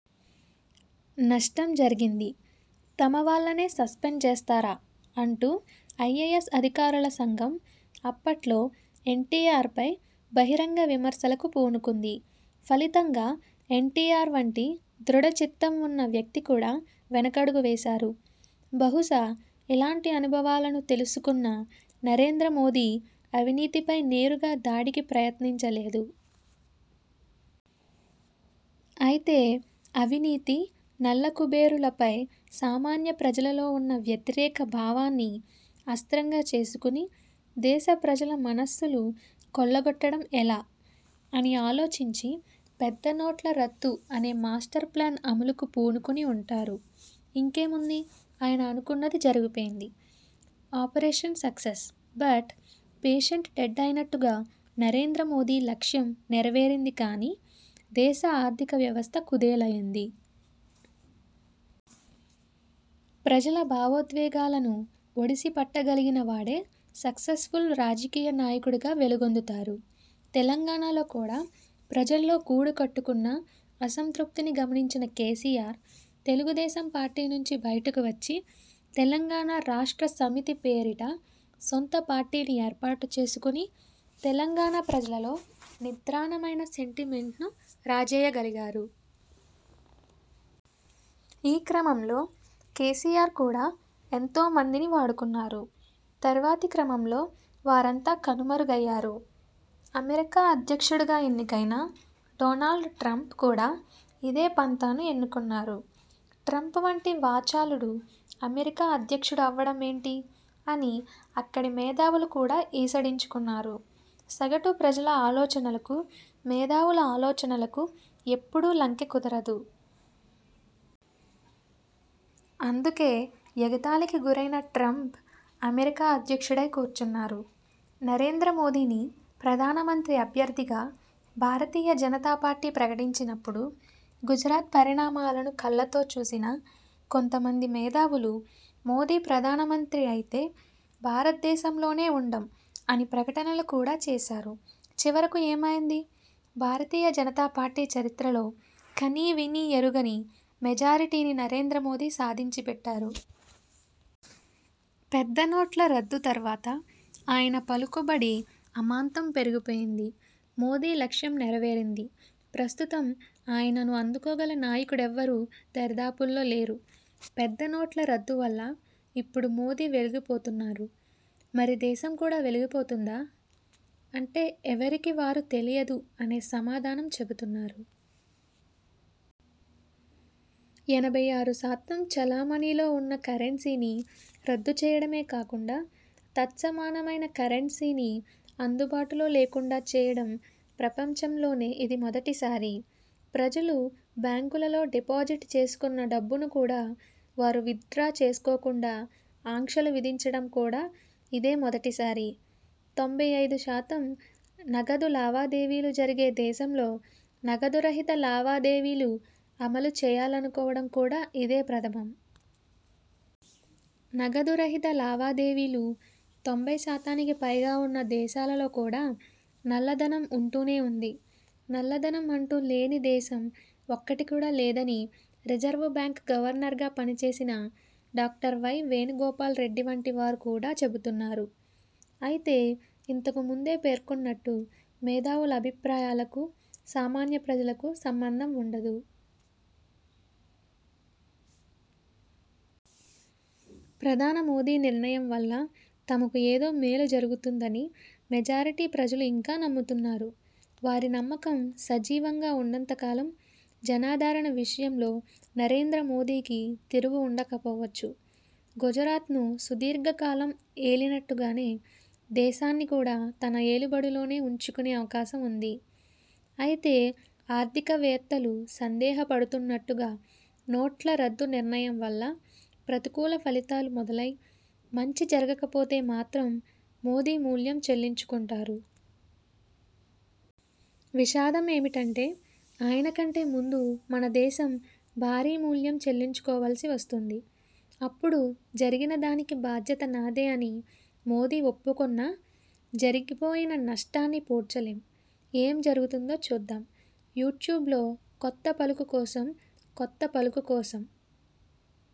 నష్టం జరిగింది. తమ వాళ్లనే సస్పెండ్ చేస్తారా? అంటూ ఐఏఎస్ అధికారుల సంఘం అప్పట్లో ఎన్ టి ఆర్ పై బహిరంగ విమర్శలకు పూనుకుంది. ఫలితంగా ఎన్ టి ఆర్ వంటి దృఢచిత్తం ఉన్న వ్యక్తి కూడా వెనకడుగు వేశారు. బహుశా ఇలాంటి అనుభవాలను తెలుసుకున్న నరేంద్ర మోదీ అవినీతిపై నేరుగా దాడికి ప్రయత్నించలేదు. అయితే అవినీతి, నల్లకుబేరులపై సామాన్య ప్రజలలో ఉన్న వ్యతిరేక భావాన్ని అస్త్రంగా చేసుకుని దేశ ప్రజల మనస్సులు కొల్లగొట్టడం ఎలా? అని ఆలోచించి పెద్దనోట్ల రద్దు అనే మాస్టర్ ప్లాన్ అమలుకు పూనుకుని ఉంటారు. ఇంకేముంది ఆయన అనుకున్నది జరిగిపోయింది. Operation success but patient dead అన్నట్టుగా నరేంద్ర మోదీ లక్ష్యం నెరవేరింది గానీ దేశ ఆర్థిక వ్యవస్థ కుదేలయ్యింది. ప్రజల భావోద్వేగాలను ఒడిసి పట్టగలిగిన వాడే సక్సెస్ఫుల్ రాజకీయ నాయకుడిగా వెలుగొందుతారు. తెలంగాణలో కూడా ప్రజల్లో గూడు కట్టుకున్న అసంతృప్తిని గమనించిన కేసీఆర్, తెలుగుదేశం పార్టీ నుంచి బయటకు వచ్చి తెలంగాణ రాష్ట్ర సమితి పేరిట సొంత పార్టీని ఏర్పాటుచేసుకుని తెలంగాణ ప్రజలలో నిద్రాణమైన సెంటిమెంట్ను రాజేయగలిగారు. ఈ క్రమంలో కేసీఆర్ కూడా ఎంతో మందిని వాడుకున్నారు. తర్వాతి క్రమంలో వారంతా కనుమరుగయ్యారు. అమెరికా అధ్యక్షుడిగా ఎన్నికైన డొనాల్డ్ ట్రంప్ కూడా ఇదే పంథాను ఎన్నుకున్నారు. ట్రంప్ వంటి వాచాలుడు అమెరికా అధ్యక్షుడు అవ్వడం ఏమిటి? అని అక్కడి మేధావులు కూడా ఈసడించుకున్నారు. సగటు ప్రజల ఆలోచనలకు మేధావుల ఆలోచనలకు ఎప్పుడూ లంకె కుదరదు. అందుకే ఎగతాళికి గురైన ట్రంప్ అమెరికా అధ్యక్షుడై కూర్చున్నారు. నరేంద్ర మోదీని ప్రధానమంత్రి అభ్యర్థిగా భారతీయ జనతా పార్టీ ప్రకటించినప్పుడు గుజరాత్ పరిణామాలను కళ్లతో చూసిన కొంతమంది మేధావులు మోదీ ప్రధానమంత్రి అయితే 'భారతదేశంలోనే ఉండం' అని ప్రకటనలు కూడా చేశారు. చివరకు ఏమైంది? భారతీయ జనతా పార్టీ చరిత్రలో కనీవినీ ఎరుగని మెజారిటీని నరేంద్ర మోదీ సాధించిపెట్టారు. పెద్ద నోట్ల రద్దు తర్వాత ఆయన పలుకుబడి అమాంతం పెరిగిపోయింది. మోదీ లక్ష్యం నెరవేరింది. ప్రస్తుతం ఆయనను అందుకోగల నాయకుడెవ్వరూ దరిదాపుల్లో లేరు. పెద్ద నోట్ల రద్దు వల్ల ఇప్పుడు మోదీ వెలిగిపోతున్నారు. మరి దేశం కూడా వెలిగిపోతుందా? అంటే ఎవరికి వారు తెలియదు అనే సమాధానం చెబుతున్నారు. ఎనభై ఆరు శాతం చలామణిలో ఉన్న కరెన్సీని రద్దు చేయడమే కాకుండా తత్సమానమైన కరెన్సీని అందుబాటులో లేకుండా చేయడం ప్రపంచంలోనే ఇది మొదటిసారి. ప్రజలు బ్యాంకులలో డిపాజిట్ చేసుకున్న డబ్బును కూడా వారు విత్ డ్రా చేసుకోకుండా ఆంక్షలు విధించడం కూడా ఇదే మొదటిసారి. తొంభై ఐదు శాతం నగదు లావాదేవీలు జరిగే దేశంలో నగదు రహిత లావాదేవీలు అమలు చేయాలనుకోవడం కూడా ఇదే ప్రథమం. నగదు రహిత లావాదేవీలు తొంభై శాతానికి పైగా ఉన్న దేశాలలో కూడా నల్లధనం ఉంటూనే ఉంది. నల్లధనం అంటూ లేని దేశం ఒక్కటి కూడా లేదని రిజర్వ్ బ్యాంకు గవర్నర్గా పనిచేసిన డాక్టర్ వై. వేణుగోపాల్ రెడ్డి వంటి వారు కూడా చెబుతున్నారు. అయితే ఇంతకు ముందే పేర్కొన్నట్టు మేధావుల అభిప్రాయాలకు, సామాన్య ప్రజలకు సంబంధం ఉండదు. ప్రధాన మోదీ నిర్ణయం వల్ల తమకు ఏదో మేలు జరుగుతుందని మెజారిటీ ప్రజలు ఇంకా నమ్ముతున్నారు. వారి నమ్మకం సజీవంగా ఉన్నంతకాలం జనాదరణ విషయంలో నరేంద్ర మోదీకి తిరుగు ఉండకపోవచ్చు. గుజరాత్ను సుదీర్ఘకాలం ఏలినట్టుగానే దేశాన్ని కూడా తన ఏలుబడిలోనే ఉంచుకునే అవకాశం ఉంది. అయితే ఆర్థికవేత్తలు సందేహపడుతున్నట్టుగా నోట్ల రద్దు నిర్ణయం వల్ల ప్రతికూల ఫలితాలు మొదలై మంచి జరగకపోతే మాత్రం మోదీ మూల్యం చెల్లించుకుంటారు. విషాదం ఏమిటంటే ఆయన కంటే ముందు మన దేశం భారీ మూల్యం చెల్లించుకోవలసి వస్తుంది. అప్పుడు జరిగినదానికి బాధ్యత నాదే అని మోదీ ఒప్పుకొన్నా జరిగిపోయిన నష్టాన్ని పూడ్చలేం. ఏమి జరుగుతుందో చూద్దాం! యూట్యూబ్లో 'కొత్త పలుకు' కోసం 'కొత్త పలుకు' కోసం